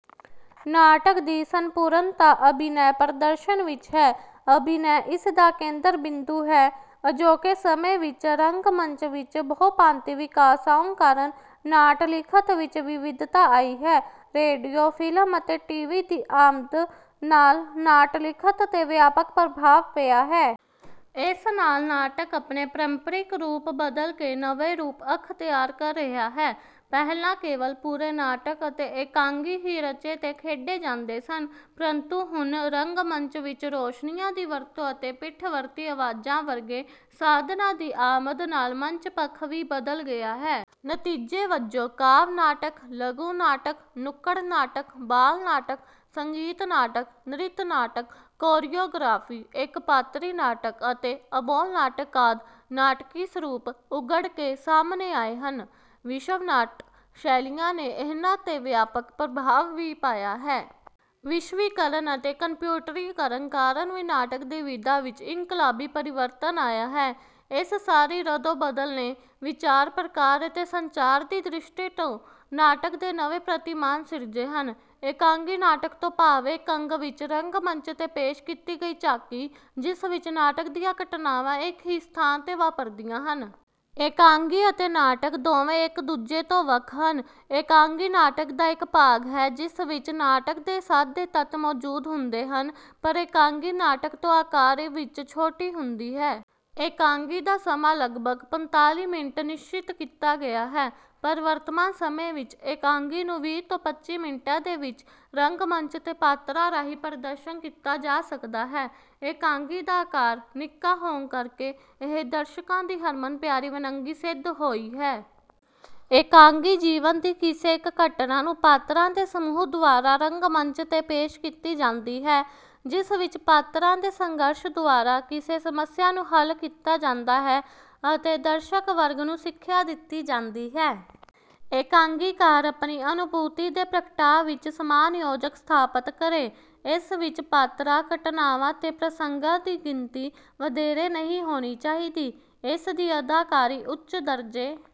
ਨਾਟਕ ਦੀ ਸੰਪੂਰਨਤਾ ਅਭਿਨੈ ਪ੍ਰਦਰਸ਼ਨ ਵਿੱਚ ਹੈ, ਅਭਿਨੈ ਇਸ ਦਾ ਕੇਂਦਰ ਬਿੰਦੂ ਹੈ। ਅਜੋਕੇ ਸਮੇਂ ਵਿੱਚ ਰੰਗ ਮੰਚ ਵਿੱਚ ਬਹੁਭਾਂਤੀ ਵਿਕਾਸ ਆਉਣ ਕਾਰਨ ਨਾਟ ਲਿਖਤ ਵਿੱਚ ਵਿਵਿਧਤਾ ਆਈ ਹੈ। ਰੇਡੀਓ, ਫਿਲਮ ਅਤੇ ਟੀ ਵੀ ਦੀ ਆਮਦ ਨਾਲ ਨਾਟ ਲਿਖਤ ਤੇ ਵਿਆਪਕ ਪ੍ਰਭਾਵ ਪਿਆ ਹੈ। ਇਸ ਨਾਲ ਨਾਟਕ ਆਪਣੇ ਪਰੰਪਰਿਕ ਰੂਪ ਬਦਲ ਕੇ ਨਵੇਂ ਰੂਪ ਅਖਤਿਆਰ ਕਰ ਰਿਹਾ ਹੈ। ਪਹਿਲਾਂ ਕੇਵਲ ਪੂਰੇ ਨਾਟਕ ਅਤੇ ਇਕਾਂਗੀ ਹੀ ਰਚੇ ਤੇ ਖੇਡੇ ਜਾਂਦੇ ਸਨ ਪਰੰਤੂ ਹੁਣ ਰੰਗ ਮੰਚ ਵਿੱਚ ਰੋਸ਼ਨੀਆਂ ਦੀ ਵਰਤੋਂ ਅਤੇ ਪਿੱਠ ਵਰਤੀ ਅਵਾਜ਼ਾਂ ਵਰਗੇ ਸਾਧਨਾਂ ਦੀ ਆਮਦ ਨਾਲ ਮੰਚ ਪੱਖ ਵੀ ਬਦਲ ਗਿਆ ਹੈ। ਨਤੀਜੇ ਵਜੋਂ ਕਾਵਿ ਨਾਟਕ, ਲਘੂ ਨਾਟਕ, ਨੁਕੜ ਨਾਟਕ, ਬਾਲ ਨਾਟਕ, ਸੰਗੀਤ ਨਾਟਕ, ਨ੍ਰਿਤ ਨਾਟਕ, ਕੋਰਿਓਗ੍ਰਾਫੀ, ਇੱਕ ਪਾਤਰੀ ਨਾਟਕ ਅਤੇ ਅਬੋਲ ਨਾਟਕ ਆਦਿ ਨਾਟਕੀ ਸਰੂਪ ਉੱਘੜ ਕੇ ਸਾਹਮਣੇ ਆਏ ਹਨ। ਵਿਸ਼ਵ ਨਾਟ ਸ਼ੈਲੀਆਂ ਨੇ ਇਹਨਾਂ ਤੇ ਵਿਆਪਕ ਪ੍ਰਭਾਵ ਵੀ ਪਾਇਆ ਹੈ। ਵਿਸ਼ਵੀਕਰਨ ਅਤੇ ਕੰਪਿਊਟਰੀਕਰਨ ਕਾਰਨ ਵੀ ਨਾਟਕ ਦੀ ਵਿਧਾ ਵਿੱਚ ਇਨਕਲਾਬੀ ਪਰਿਵਰਤਨ ਆਇਆ ਹੈ। ਇਸ ਸਾਰੀ ਰੱਦੋ ਬਦਲ ਨੇ ਵਿਚਾਰ, ਪ੍ਰਕਾਰ ਅਤੇ ਸੰਚਾਰ ਦੀ ਦ੍ਰਿਸ਼ਟੀ ਤੋਂ ਨਾਟਕ ਦੇ ਨਵੇਂ ਪ੍ਰਤਿਮਾਨ ਸਿਰਜੇ ਹਨ। ਇਕਾਂਗੀ ਨਾਟਕ ਤੋਂ ਭਾਵ ਇੱਕ ਅੰਗ ਵਿੱਚ ਰੰਗਮੰਚ ਤੇ ਪੇਸ਼ ਕੀਤੀ ਗਈ ਝਾਕੀ ਜਿਸ ਵਿੱਚ ਨਾਟਕ ਦੀਆਂ ਘਟਨਾਵਾਂ ਇੱਕ ਹੀ ਸਥਾਨ ਤੇ ਵਾਪਰਦੀਆਂ ਹਨ। ਇਕਾਂਗੀ ਅਤੇ ਨਾਟਕ ਦੋਵੇਂ ਇੱਕ ਦੂਜੇ ਤੋਂ ਵੱਖ ਹਨ। ਇਕਾਂਗੀ ਨਾਟਕ ਦਾ ਇੱਕ ਭਾਗ ਹੈ ਜਿਸ ਵਿੱਚ ਨਾਟਕ ਦੇ ਸਾਦੇ ਤੱਤ ਮੌਜੂਦ ਹੁੰਦੇ ਹਨ, ਪਰ ਇਕਾਂਗੀ ਨਾਟਕ ਤੋਂ ਆਕਾਰ ਵਿੱਚ ਛੋਟੀ ਹੁੰਦੀ ਹੈ। ਇਕਾਂਗੀ ਦਾ ਸਮਾਂ ਲਗਭਗ ਪੰਤਾਲੀ ਮਿੰਟ ਨਿਸਚਿਤ ਕੀਤਾ ਗਿਆ ਹੈ, ਪਰ ਵਰਤਮਾਨ ਸਮੇਂ ਵਿੱਚ ਇਕਾਂਗੀ ਨੂੰ ਵੀਹ ਤੋਂ ਪੱਚੀ ਮਿੰਟਾਂ ਦੇ ਵਿੱਚ ਰੰਗਮੰਚ ਤੇ ਪਾਤਰਾਂ ਰਾਹੀਂ ਪ੍ਰਦਰਸ਼ਨ ਕੀਤਾ ਜਾ ਸਕਦਾ ਹੈ। ਇਕਾਂਗੀ ਦਾ ਆਕਾਰ ਨਿੱਕਾ ਹੋਣ ਕਰਕੇ ਇਹ ਦਰਸ਼ਕਾਂ ਦੀ ਹਰਮਨ ਪਿਆਰੀ ਵੰਨਗੀ ਸਿੱਧ ਹੋਈ ਹੈ। ਇਕਾਂਗੀ ਜੀਵਨ ਦੀ ਕਿਸੇ ਇੱਕ ਘਟਨਾ ਨੂੰ ਪਾਤਰਾਂ ਦੇ ਸਮੂਹ ਦੁਆਰਾ ਰੰਗਮੰਚ ਤੇ ਪੇਸ਼ ਕੀਤੀ ਜਾਂਦੀ ਹੈ। ਜਿਸ ਵਿੱਚ ਪਾਤਰਾਂ ਦੇ ਸੰਘਰਸ਼ ਦੁਆਰਾ ਕਿਸੇ ਸਮੱਸਿਆ ਨੂੰ ਹੱਲ ਕੀਤਾ ਜਾਂਦਾ ਹੈ, ਅਤੇ ਦਰਸ਼ਕ ਵਰਗ ਨੂੰ ਸਿੱਖਿਆ ਦਿੱਤੀ ਜਾਂਦੀ ਹੈ। ਇਕਾਂਗੀਕਾਰ ਆਪਣੀ ਅਨੁਭੂਤੀ ਤੇ ਪ੍ਰਗਟਾਅ ਵਿੱਚ ਸਮਾਨਯੋਜਕ ਸਥਾਪਤ ਕਰੇ। ਇਸ ਵਿੱਚ ਪਾਤਰਾਂ, ਘਟਨਾਵਾਂ, ਤੇ ਪ੍ਰਸੰਗਾਂ ਦੀ ਗਿਣਤੀ ਵਧੇਰੇ ਨਹੀਂ ਹੋਣੀ ਚਾਹੀਦੀ। ਇਸ ਦੀ ਅਦਾਕਾਰੀ ਉੱਚ ਦਰਜੇ